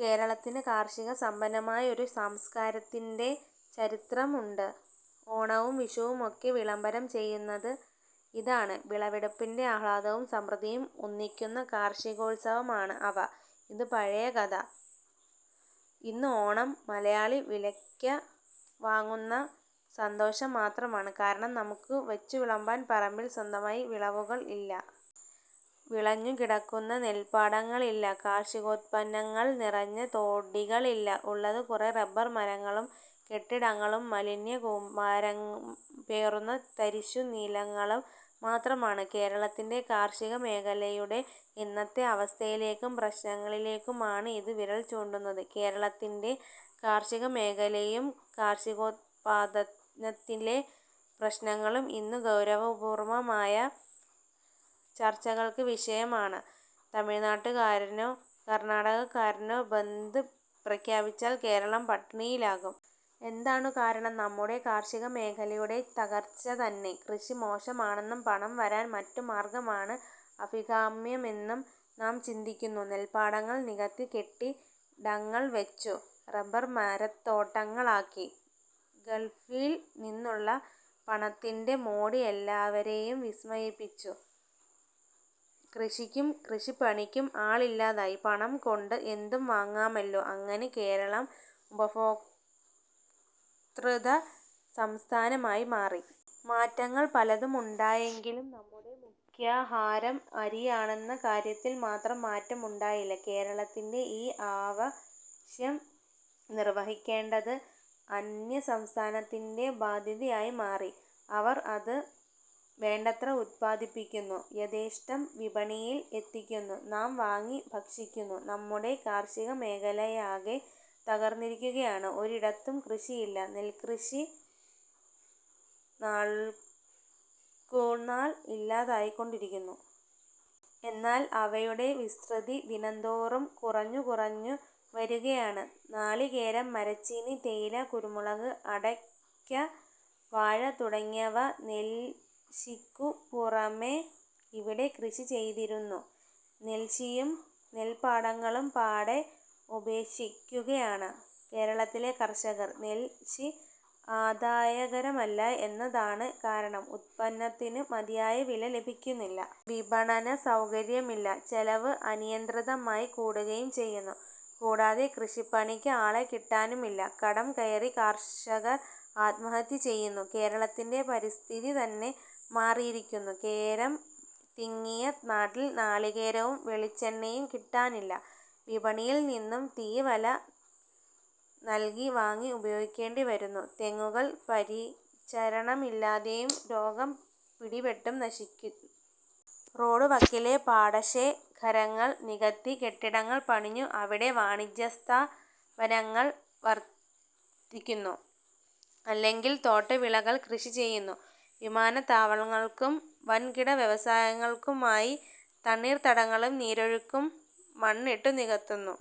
കേരളത്തിനു കാർഷികസമ്പന്നമായ ഒരു സംസ്കാരത്തിന്റെ ചരിത്ര മുണ്ട്. ഓണവും വിഷുവുമൊക്കെ വിളംബരം ചെയ്യുന്നത് ഇതാണ്. വിളവെടുപ്പിന്റെ ആഹ്ലാദവും സമൃദ്ധിയും ഒന്നിക്കുന്ന കാർഷി കോത്സവമാണ് അവ. ഇതു പഴയ കഥ. ഇന്ന് ഓണം മലയാളി വിലയ്ക്ക വാങ്ങുന്ന സന്തോഷം മാത്രമാണ്. കാരണം നമുക്കു വച്ചുവിളമ്പാൻ പറമ്പിൽ സ്വന്തമായി വിളവുകൾ ഇല്ല. വിളഞ്ഞുകിടക്കുന്ന നെല്പാട ങ്ങളില്ല. കാർഷികോത്പന്നങ്ങൾ നിറഞ്ഞ തൊടികളില്ല. ഉള്ളത് കുറെ റബ്ബർ മരങ്ങളും കെട്ടിടങ്ങളും മാലിന്യക്കൂമ്പാരം പേറുന്ന തരിശുനി ലങ്ങളും മാത്രമാണ്. കേരളത്തിന്റെ കാർഷികമേഖലയുടെ ഇന്നത്ത അവസ്ഥയിലേക്കും പ്രശ്നങ്ങളിലേക്കുമാണ് ഇതു വിരൽചൂണ്ടുന്നത്. കേരളത്തിന്റെ കാർഷികമേഖലയും കാർഷികോത്പാദനത്തിലെ പ്രശ്നങ്ങളും ഇന്നു ഗൗരവപൂർവ്വമായ ചർച്ചകൾക്കു വിഷയമാണ്. തമിഴ്നാട്ടുകാരനോ കർണ്ണാടകക്കാരനോ ബന്ദ് പ്രഖ്യാപിച്ചാൽ കേരളം പട്ടിണിയിലാകും. എന്താണു കാരണം? നമ്മുടെ കാർഷികമേഖലയുടെ തകർച്ചതന്നെ. കൃഷി മോശമാണെന്നും പണംവാരാൻ മറ്റു മാർഗ്ഗമാണ് അഭികാമ്യമെന്നും നാം ചിന്തിക്കുന്നു. നെല്പാടങ്ങൾ നികത്തി കെട്ടി ടങ്ങൾവച്ചു. റബ്ബർമരത്തോട്ടങ്ങളാക്കി. ഗൾഫിൽനിന്നുള്ള പണത്തിന്റെ മോടി എല്ലാവരെയും വിസ്മയിപ്പിച്ചു. കൃഷിക്കും കൃഷിപ്പണിക്കും ആളില്ലാതായി. പണംകൊണ്ട് എന്തും വാങ്ങാമല്ലോ. അങ്ങനെ കേരളം ഉപഭോക്തൃത സംസ്ഥാനമായി മാറി. മാറ്റങ്ങൾ പലതുമുണ്ടായെങ്കിലും നമ്മുടെ മുഖ്യാഹാരം അരിയാ ണെന്ന കാര്യത്തിൽ മാത്രം മാറ്റമുണ്ടായില്ല. കേരളത്തിന്റെ ഈ ആവ ശ്യം നിർവഹിക്കേണ്ടത് അന്യസംസ്ഥാനത്തിന്റെ ബാധ്യതയായി മാറി. അവർ അത് വേണ്ടത്ര ഉത്പാദിപ്പിക്കുന്നു. യഥേഷ്ടം വിപണിയിൽ എത്തിക്കുന്നു. നാം വാങ്ങി ഭക്ഷിക്കുന്നു. നമ്മുടെ കാർഷികമേഖലയാകെ തകർന്നിരിക്കുകയാണ്. ഒരിടത്തും കൃഷിയില്ല. നെൽക്ക്യഷി നാൾക്കുനാൾ ഇല്ലാതായിക്കൊണ്ടിരിക്കുന്നു. എന്നാൽ അവയുടെ വിസ്തൃതി ദിനന്തോറും കുറഞ്ഞുകു റഞ്ഞു വരികയാണ്. നാളികേരം, മരച്ചീനി, തേയില, കുരുമുളക്, അട യ്ക്ക, വാഴ തുടങ്ങിയവ നെല്ഷിക്കു പുറമേ ഇവിടെ കൃഷി ചെയ്തിരുന്നു. നെല്ഷിയും നെല്പാടങ്ങളും പാടേ ഉപേക്ഷിക്കു കയാണ് കേരളത്തിലെ കർഷകർ. നെല്ഷി ആദായകരമല്ല എന്ന താണ് കാരണം. ഉത്പന്നത്തിനു മതിയായ വില ലഭിക്കുന്നില്ല. വിപണന സൗകര്യമില്ല. ചെലവ് അനിയന്ത്രിതമായി കൂടുകയും ചെയ്യുന്നു. കൂടാതെ കൃഷിപ്പണിക്ക് ആളെ കിട്ടാനുമില്ല. കടം കയറി കർഷകർ ആത്മാഹത്യ ചെയ്യുന്നു. കേരളത്തിന്റെ പരിസ്ഥിതിതന്നെ മാറിയിരിക്കുന്നു. കേരം തിങ്ങിയ നാട്ടിൽ നാളികേരവും വെളിച്ചെണ്ണയും കിട്ടാനില്ല. വിപണിയിൽനിന്നും തീവില നൽകി വാങ്ങി ഉപയോഗിക്കേണ്ടിവരുന്നു. തെങ്ങുകൾ പരിച രണമില്ലാതെയും രോഗം പിടിപെട്ടും നശിച്ചു. റോഡുവക്കിലെ പാടശേ ഖരങ്ങൾ നികത്തി കെട്ടിടങ്ങൾ പണിഞ്ഞു. അവിടെ വാണിജ്യസ്ഥാ പനങ്ങൾ പ്രവർത്തിക്കുന്നു. അല്ലെങ്കിൽ തോട്ടവിളകൾ കൃഷി ചെയ്യുന്നു. വിമാനത്താവളങ്ങൾക്കും വൻകിട വ്യവസായങ്ങൾക്കുമായി തണ്ണീർ ത്തടങ്ങളും നീരൊഴുക്കും മണ്ണിട്ടു നികത്തുന്നു.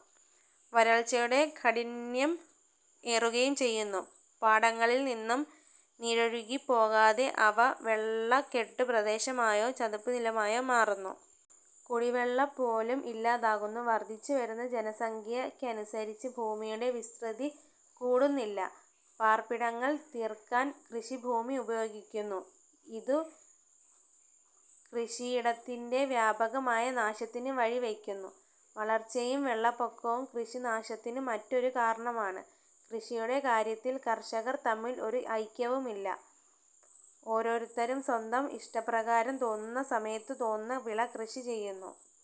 വരൾച്ചയുടെ കാഠി ന്യം ഏറുകയും ചെയ്യുന്നു. പാടങ്ങളിൽനിന്നും നീരൊഴുകിപ്പോകാതെ അവ വെള്ളക്കെട്ടു പ്രദേശമായോ ചതുപ്പുനിലമായോ മാറുന്നു. കുടി വെള്ളപോലും ഇല്ലാതാകുന്നു. വർദ്ധിച്ചുവരുന്ന ജനസംഖ്യയ്ക്കനുസരിച്ച് ഭൂമിയുടെ വിസ്തൃതി കൂടുന്നില്ല. പാർപ്പിടങ്ങൾ തീർക്കാൻ കൃഷിഭൂമി ഉപയോഗിക്കുന്നു. ഇതു കൃഷിയിടത്തിന്റെ വ്യാപകമായ നാശത്തിനു വഴിവയ്ക്കുന്നു. വളർച്ചയും വെള്ളപ്പൊക്കവും കൃഷിനാശത്തിനു മറ്റൊരു കാരണ മാണ്. കൃഷിയുടെ കാര്യത്തിൽ കർഷകർ തമ്മിൽ ഒരു ഐക്യവുമില്ല. ഓരോത്തരും സ്വന്തം ഇഷ്ടപ്രകാരം തോന്നുന്നസമയത്ത് തോന്നുന്ന വിള കൃഷി ചെയ്യുന്നു.